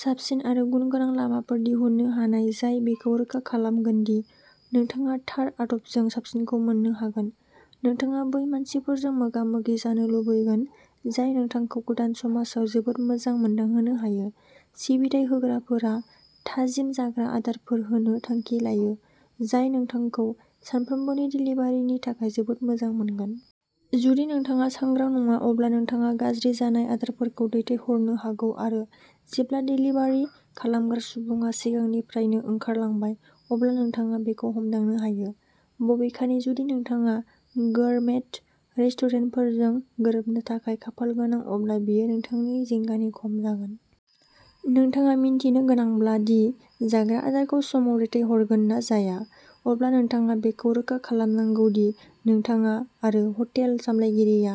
साबसिन आरो गुनगोनां लामाफोर दिहुननो हानाय जाय बेखौ रोखा खालामगोन दि नोंथाङा थार आदबजों साबसिनखौ मोन्नो हागोन। नोंथाङा बै मानसिफोरजों मोगा-मोगि जानो लुबैगोन जाय नोंथांखौ गोदान समाजाव जोबोद मोजां मोनदांहोनो हायो। सिबिथाइ होग्राफोरा थाजिम जाग्रा आदारफोर होनो थांखि लायो, जाय नोंथांखौ सानफ्रोमबोनि देलिभारिनि थाखाय जोबोद मोजां मोनगोन। जुदि नोंथाङा सांग्रां नङा, अब्ला नोंथाङा गाज्रि जानाय आदारफोरखौ दैथायहरनो हागौ आरो जेब्ला देलिभारि खालामग्रा सुबुङा सिगांनिफ्रायनो ओंखारलांबाय, अब्ला नोंथाङा बेखौ हमदांनो हायो। बबेखानि, जुदि नोंथाङा गोरमेट रेस्टुरेन्टफोरजों गोरोबनो थाखाय खाफालगोनां, अब्ला बेयो नोंथांनि जिंगानि खम जागोन। नोंथाङा मिन्थिनो गोनांब्ला दि जाग्रा आदारखौ समाव दैथायहरगोन ना जाया, अब्ला नोंथाङा बेखौ रोखा खालामनांगौ दि नोंथाङा आरो हटेल सामलायगिरिया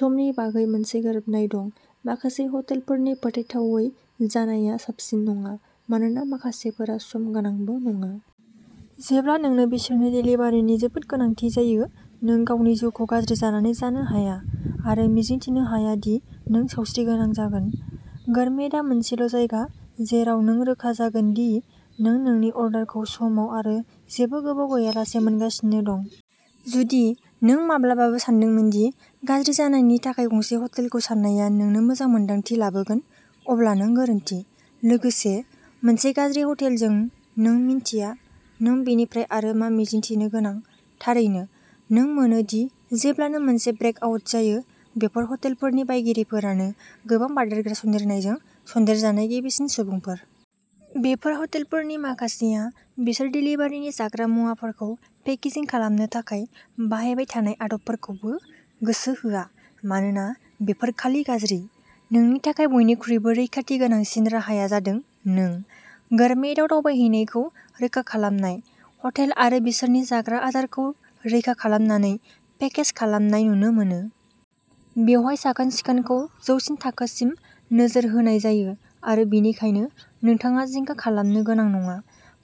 समनि बागै मोनसे गोरोबनाय दं। माखासे हटेलफोरनि फोथायथावै जानाया साबसिन नङा, मानोना माखासेफोरा सम गोनांबो नङा। जेब्ला नोंनो बिसोरनि देलिभारिनि जोबोद गोनांथि जायो। नों गावनि जिउखौ गाज्रि जानानै जानो हाया आरो मिजिंथिनो हाया दि नों सावस्रिगोनां जागोन। गोरमेटआ मोनसेल' जायगा जेराव नों रोखा जागोन दि नों नोंनि अर्डारखौ समाव आरो जेबो गोबाव गैयालासे मोनगासिनो दं। जुदि नों माब्लाबाबो सानदोंमोन दि गाज्रि जानायनि थाखाय गंसे हटेलखौ साननाया नोंनो मोजां मोन्दांथि लाबोगोन, अब्ला नों गोरोन्थि। लोगोसे, मोनसे गाज्रि हटेलजों नों मिन्थिया नों बेनिफ्राय आरो मा मिजिंथिनो गोनां। थारैनो, नों मोनो दि जेब्लानो मोनसे ब्रेक आउट जायो, बेफोर हटेलफोरनि बायगिरिफोरानो गोबां बारदेरग्रा सन्देरनायजों सन्देरजानाय गिबिसिन सुबुंफोर। बेफोर हटेलफोरनि माखासेआ बिसोर देलिभारि जाग्रा मुवाफोरखौ पेकेजिं खालामनो थाखाय बाहायबाय थानाय आदबफोरखौबो गोसो होआ मानोना बेफोर खालि गाज्रि। नोंनि थाखाय बयनिख्रुइबो रैखाथि गोनांसिन राहाया जादों नों गोरमेटआव दावबायहैनायखौ रोखा खालामनाय। हटेल आरो बिसोरनि जाग्रा आदारखौ रैखा खालामनानै पेकेज खालामनाय नुनो मोनो। बेवहाय साखोन सिखोनखौ जौसिन थाखोसिम नोजोर होनाय जायो आरो बेनिखायनो नोंथाङा जिंगा खालामनो गोनां नङा।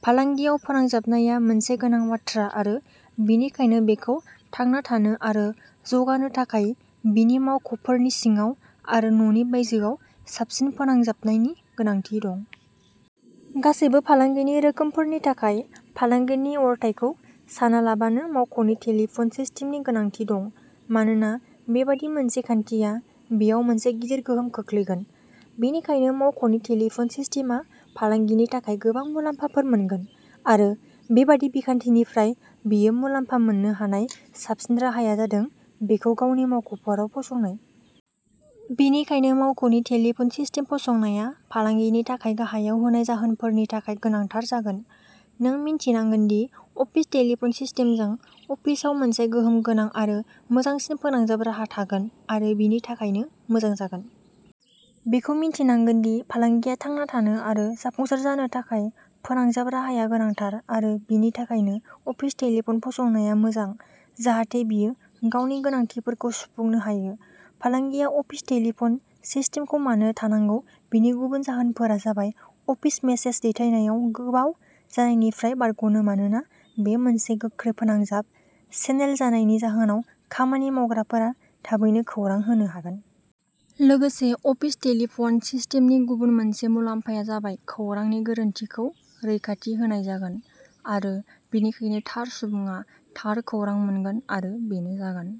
फालांगियाव फोनांजाबनाया मोनसे गोनां बाथ्रा आरो बेनिखायनो बेखौ थांना थानो आरो जौगानो थाखाय बेनि मावख'फोरनि सिङाव आरो न'नि बायजोआव साबसिन फोनांजाबनायनि गोनांथि दं। गासैबो फालांगिनि रोखोमफोरनि थाखाय फालांगिनि अरथाइखौ सानालाबानो मावख'नि टेलिफन सिस्टेमनि गोनांथि दं मानोना बेबादि मोनसे खान्थिया बेयाव मोनसे गिदिर गोहोम खोख्लैगोन। बेनिखायनो मावख'नि टेलिफन सिस्टेमआ फालांगिनि थाखाय गोबां मुलाम्फाफोर मोनगोन आरो बेबादि बिखान्थिनिफ्राय बेयो मुलाम्फा मोननो हानाय साबसिन राहाया जादों बेखौ गावनि मावख'फोराव फसंनाय। बेनिखायनो मावख'नि टेलिफन सिस्टेम फसंनाया फालांगिनि थाखाय गाहायाव होनाय जाहोनफोरनि थाखाय गोनांथार जागोन। नों मिन्थिनांगोन दि अफिस टेलिफन सिस्टेमजों अफिसआव मोनसे गोहोम गोनां आरो मोजांसिन फोनांजाब राहा थागोन आरो बेनि थाखायनो मोजां जागोन। बेखौ मिन्थिनांगोन दि फालांगिया थांना थानो आरो जाफुंसार जानो थाखाय फोनांजाब राहाया गोनांथार आरो बेनि थाखायनो अफिस टेलिफन फसंनाया मोजां जाहाथे बेयो गावनि गोनांथिफोरखौ सुफुंनो हायो। फालांगिया अफिस टेलिफन सिस्टेमखौ मानो थानांगौ बेनि गुबुन जाहोनफोरा जाबाय अफिस मेसेज दैथायनायाव गोबाव जानायनिफ्राय बारग'नो मानोना बे मोनसे गोख्रै फोनांजाब चेनेल जानायनि जाहोनाव खामानि मावग्राफोरा थाबैनो खौरां होनो हागोन। लोगोसे अफिस टेलिफन सिस्टेमनि गुबुन मोनसे मुलाम्फाया जाबाय खौरांनि गोरोनथिखौ रैखाथि होनाय जागोन आरो बेनिखायनो थार सुबुङा थार खौरां मोनगोन आरो बेनो जागोन।